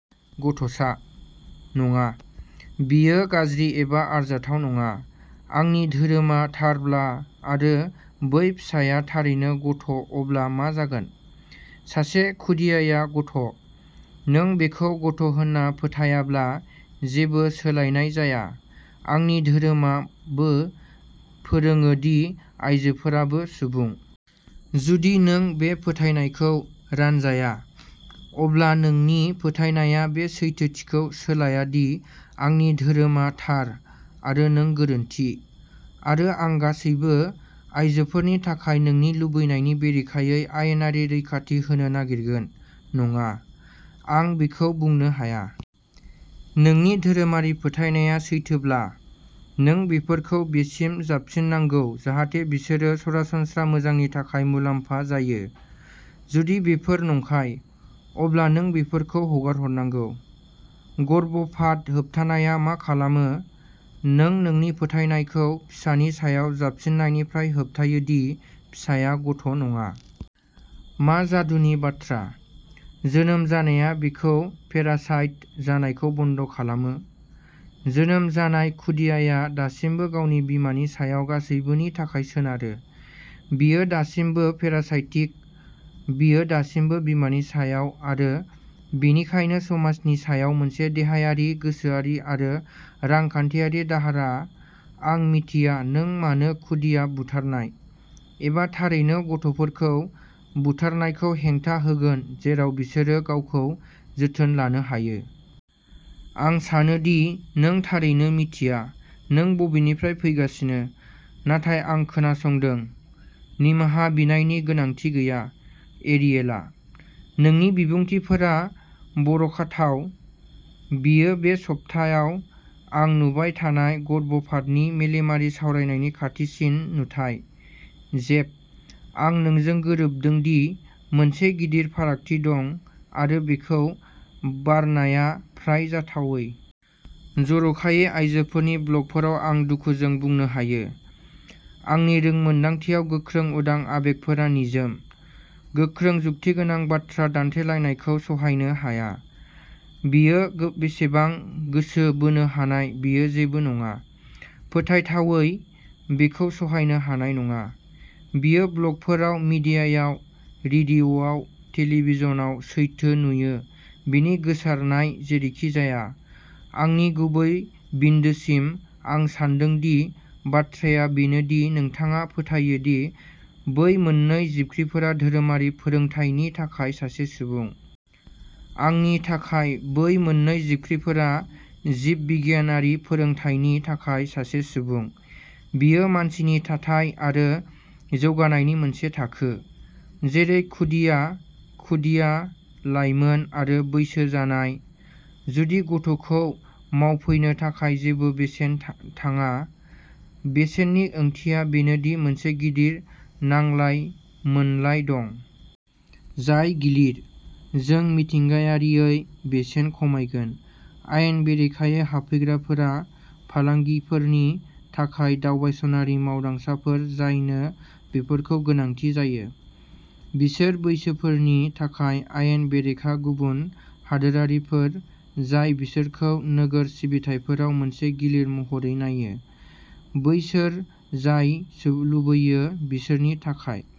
गथ'सा? नङा, बेयो गाज्रि एबा आरजाथाव नङा। आंनि धोरोमा थारब्ला आरो बै फिसाया थारैनो गथ' अब्ला मा जागोन? सासे खुदियाया गथ'। नों बेखौ गथ'होनना फोथायाब्ला जेबो सोलायनाय जाया। आंनि धोरोमा बो फोरोङो दि आयजोफोराबो सुबुं। जुदि नों बे फोथायनायखौ रानजाया, अब्ला नोंनि फोथायनाया बे सैथोथिखौ सोलाया दि आंनि धोरोमा थार, आरो नों गोरोन्थि, आरो आं गासैबो आयजोफोरनि थाखाय नोंनि लुबैनायनि बेरेखायै आयेनारि रैखाथि होनो नागिरगोन। नङा, आं बेखौ बुंनो हाया। नोंनि धोरोमारि फोथायनाया सैथोब्ला, नों बेफोरखौ बेसिम जाबसिननांगौ जाहाथे बिसोरो सरासनस्रा मोजांनि थाखाय मुलाम्फा जायो। जुदि बेफोर नंखाय, अब्ला नों बेफोरखौ गारहरनांगौ। गर्भपात होबथानाया मा खालामो, नों नोंनि फोथायनायखौ फिसानि सायाव जाबसिननायनिफ्राय होबथायो दि फिसाया गथ' नङा। मा जादुनि बाथ्रा? जोनोम जानाया बेखौ पेरासाइट जानायखौ बन्द खालामो? जोनोम जानाय खुदियाया दासिमबो गावनि बिमानि सायाव गासैबोनि थाखाय सोनारो। बेयो दासिमबो पेरासाइटिक। बेयो दासिमबो बिमानि सायाव आरो बेनिखायनो समाजनि सायाव मोनसे देहायारि, गोसोआरि आरो रांखान्थियारि दाहारा आं मिथिया नों मानो खुदिया बुथारनाय, एबा थारैनो गथ'फोरखौ बुथारनायखौ हेंथा होगोन जेराव बिसोरो गावखौ जोथोन लानो हायो। आं सानो दि नों थारैनो मिन्थिया नों बबेनिफ्राय फैगासिनो, नाथाय आं खोनासंदों। निमाहा बिनायनि गोनांथि गैया, एरियेला। नोंनि बिबुंथिफोरा बर'खाथाव। बेयो बे सप्तायाव आं नुबाय थानाय गर्भपातनि मेलेमारि सावरायनायनि खाथिसिन नुथाय। जेफ, आं नोंजों गोरोबदों दि मोनसे गिदिर फारागथि दं आरो बेखौ बारनाया फ्राय जाथावै। जर'खायै आयजोफोरनि ब्लगफोराव आं दुखुजों बुंनो हायो। आंनि रोंमोन्दांथियाव गोख्रों उदां आबेगफोरा निजोम, गोख्रों जुक्तिगोनां बाथ्रा दान्थेलायनायखौ सहायनो हाया। बेयो बेसेबां गोसो बोनो हानाय बेयो जेबो नङा। फोथायथावै, बेखौ सहायनो हानाय नङा। बेयो ब्लगफोराव, मिडियायाव, रेडिय'आव, टेलीविजनआव सैथो नुयो बेनि गोसारनाय जेरैखिजाया, आंनि गुबै बिन्दोसिम, आं सान्दों दि बाथ्राया बेनो दि नोंथाङा फोथायो दि बै मोननै जिबख्रिफोरा धोरोमारि फोरोंथायनि थाखाय सासे सुबुं। आंनि थाखाय बै मोननै जिबख्रिफोरा जिब बिगियानारि फोरोंथायनि थाखाय सासे सुबुं। बेयो मानसिनि थाथाय आरो जौगानायनि मोनसे थाखो, जेरै खुदिया, खुदिया, लायमोन आरो बैसो जानाय। जुदि गथ'खौ मावफैनो थाखाय जेबो बेसेन थाङा? बेसेननि ओंथिया बेनो दि मोनसे गिदिर नांलाय मोनलाय दं। जाय गिलिर, जों मिथिंगायारियै बेसेन खमायगोन। आयेन बेरेखायै हाबफैग्राफोरा फालांगिफोरनि थाखाय दावबायसनारि मावदांसाफोर जायनो बेफोरखौ गोनांथि जायो। बिसोर बैसोरफोरनि थाखाय आयेन बेरेखा गुबुन हादोरारिफोर जाय बिसोरखौ नोगोर सिबिथाइफोराव मोनसे गिलिर महरै नायो। बैसोर जाय लुबैयो बिसोरनि थाखाय।